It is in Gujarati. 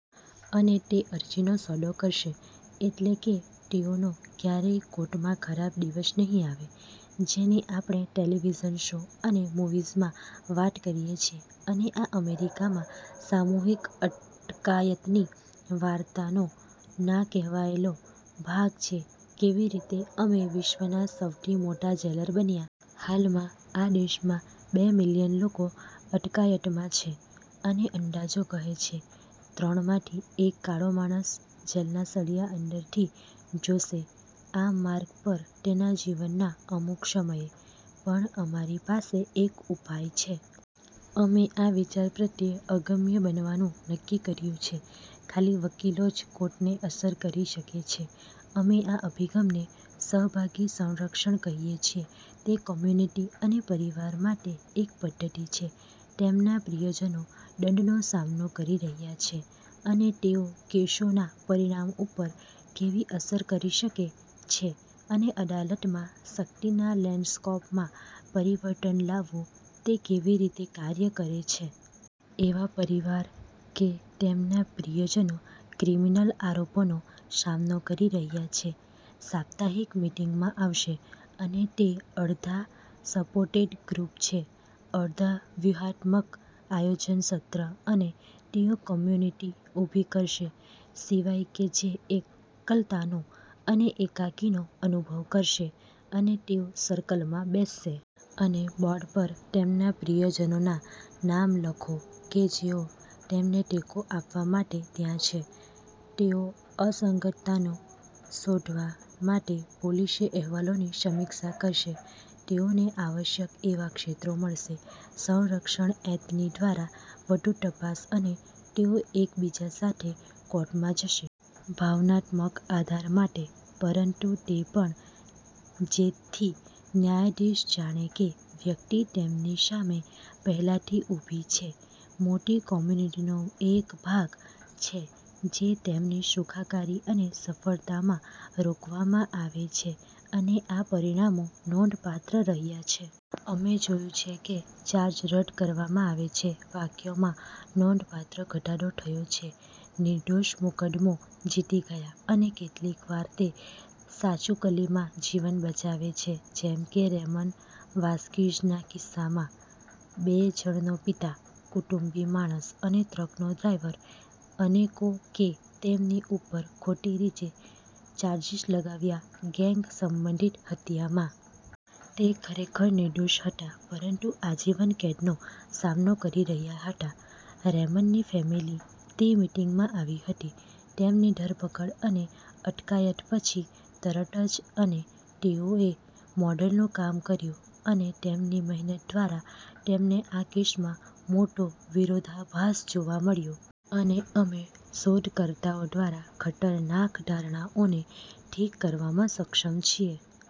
અને તે અરજીનો સોદો કરશે. એટલે કે તેઓનો ક્યારેય કોર્ટમાં ખરાબ દિવસ નહિ આવે જેની આપણે ટેલિવિઝન શો અને મુવીઝમાં વાત કરીએ છીએ. અને આ અમેરિકામાં સામૂહિક અટકાયતની વાર્તાનો ના કહેવાયેલો ભાગ છે, કેવી રીતે અમે વિશ્વના સૌથી મોટા જેલર બન્યા. હાલમાં આ દેશમાં બે મિલિયન લોકો અટકાયતમાં છે અને અંદાજો કહે છે ત્રણમાંથી એક કાળો માણસ જેલના સળિયા અંદરથી જોશે આ માર્ગ પર તેમના જીવનના અમુક સમયે. પણ અમારી પાસે એક ઉપાય છે. અમે આ વિચાર પ્રત્યે અગમ્ય બનવાનું નક્કી કર્યું છે. ખાલી વકીલો જ કોર્ટને અસર કરી શકે છે. અમે આ અભિગમને "સહભાગી સંરક્ષણ" કહિએ છીએ. તે કમ્યુનિટી અને પરિવારો માટે એક પદ્ધતિ છે. તેમના પ્રિયજનો દંડનો સામનો કરી રહ્યા છે અને તેઓ કેસોના પરિણામ ઉપર કેવી અસર કરી શકે છે અને અદાલતમાં શક્તિના લેન્ડસ્કેપમાં પરિવર્તન લાવવું તે કેવી રીતે કાર્ય કરે છે. એવા પરિવારો કે તેમના પ્રિયજનો ક્રિમીનલ આરોપોનો સામનો કરી રહ્યા છે સપ્તાહિક મિટિંગમાં આવશે, અને તે અડધા સપોર્ટેડ ગ્રુપ છે, અડધા વ્યૂહાત્મક આયોજન સત્ર અને તેઓ કમ્યુનિટી ઊભી કરશે સિવાય કે જે એકલતાનો અને એકાકી નો અનુભવ કરશે અને તેઓ સર્કલમાં બેસશે. અને બોર્ડ પર તેમના પ્રિયજનોના નામ લખો કે જેઓ તેમને ટેકો આપવા માટે ત્યાં છે. તેઓ અસંગતતાઓ શોધવા માટે પોલીસે અહેવાલોની સમીક્ષા કરશે, તેઓને આવશ્યક એવા ક્ષેત્રો મળશે, સંરક્ષણ એટર્ની દ્વારા વધુ તપાસ અને તેઓ એકબીજા સાથે કોર્ટમાં જશે. ભાવનાત્મક આધાર માટે પરંતુ તે પણ જેથી ન્યાયાધીશ જાણે કે વ્યક્તિ તેમની સામે પહેલાથી ઉભી છે મોટી કમ્યુનિટીનો એક ભાગ છે જે તેમની સુખાકારી અને સફળતામાં રોકવામાં આવે છે અને આ પરિણામો નોંધપાત્ર રહ્યા છે. અમે જોયું છે કે ચાર્જ રદ કરવામાં આવે છે. વાક્યોમાં નોંધપાત્ર ઘટાડો થયો છે. નિર્દોષ મુકદ્દમો જીતી ગયા અને કેટલીક વાર તે સાચુકલીમા જીવન બચાવે છે જેમકે રેમન વાસ્કિઝના કિસ્સામાં. બે જણનો પિતા, કુટુંબી માણસ, અને ટ્રકનો ડ્રાઈવર અનેકો કે તેમની ઉપર ખોટી રીતે ચાર્જીસ લગાવ્યા ગેંગ સંબંધિત હત્યા મા. તે ખરેખર નિર્દોષ હતા પરંતુ આજીવન કેદનો સામનો કરી રહ્યા હતા. રેમનની ફેમિલી તે મિટિંગમાં આવી હતી. તેની ધરપકડ અને અટકાયત પછી તરત જ અને તેઓએ મોડલનું કામ કર્યું અને તેમની મહેનત દ્વારા તેમને આ કેસમાં મોટો વિરોધાભાસ જોવા મળ્યો. અને અમે શોધ કરતાઓ દ્વારા ખતરનાક ધારણાઓને ઠીક કરવામાં સક્ષમ છીએ.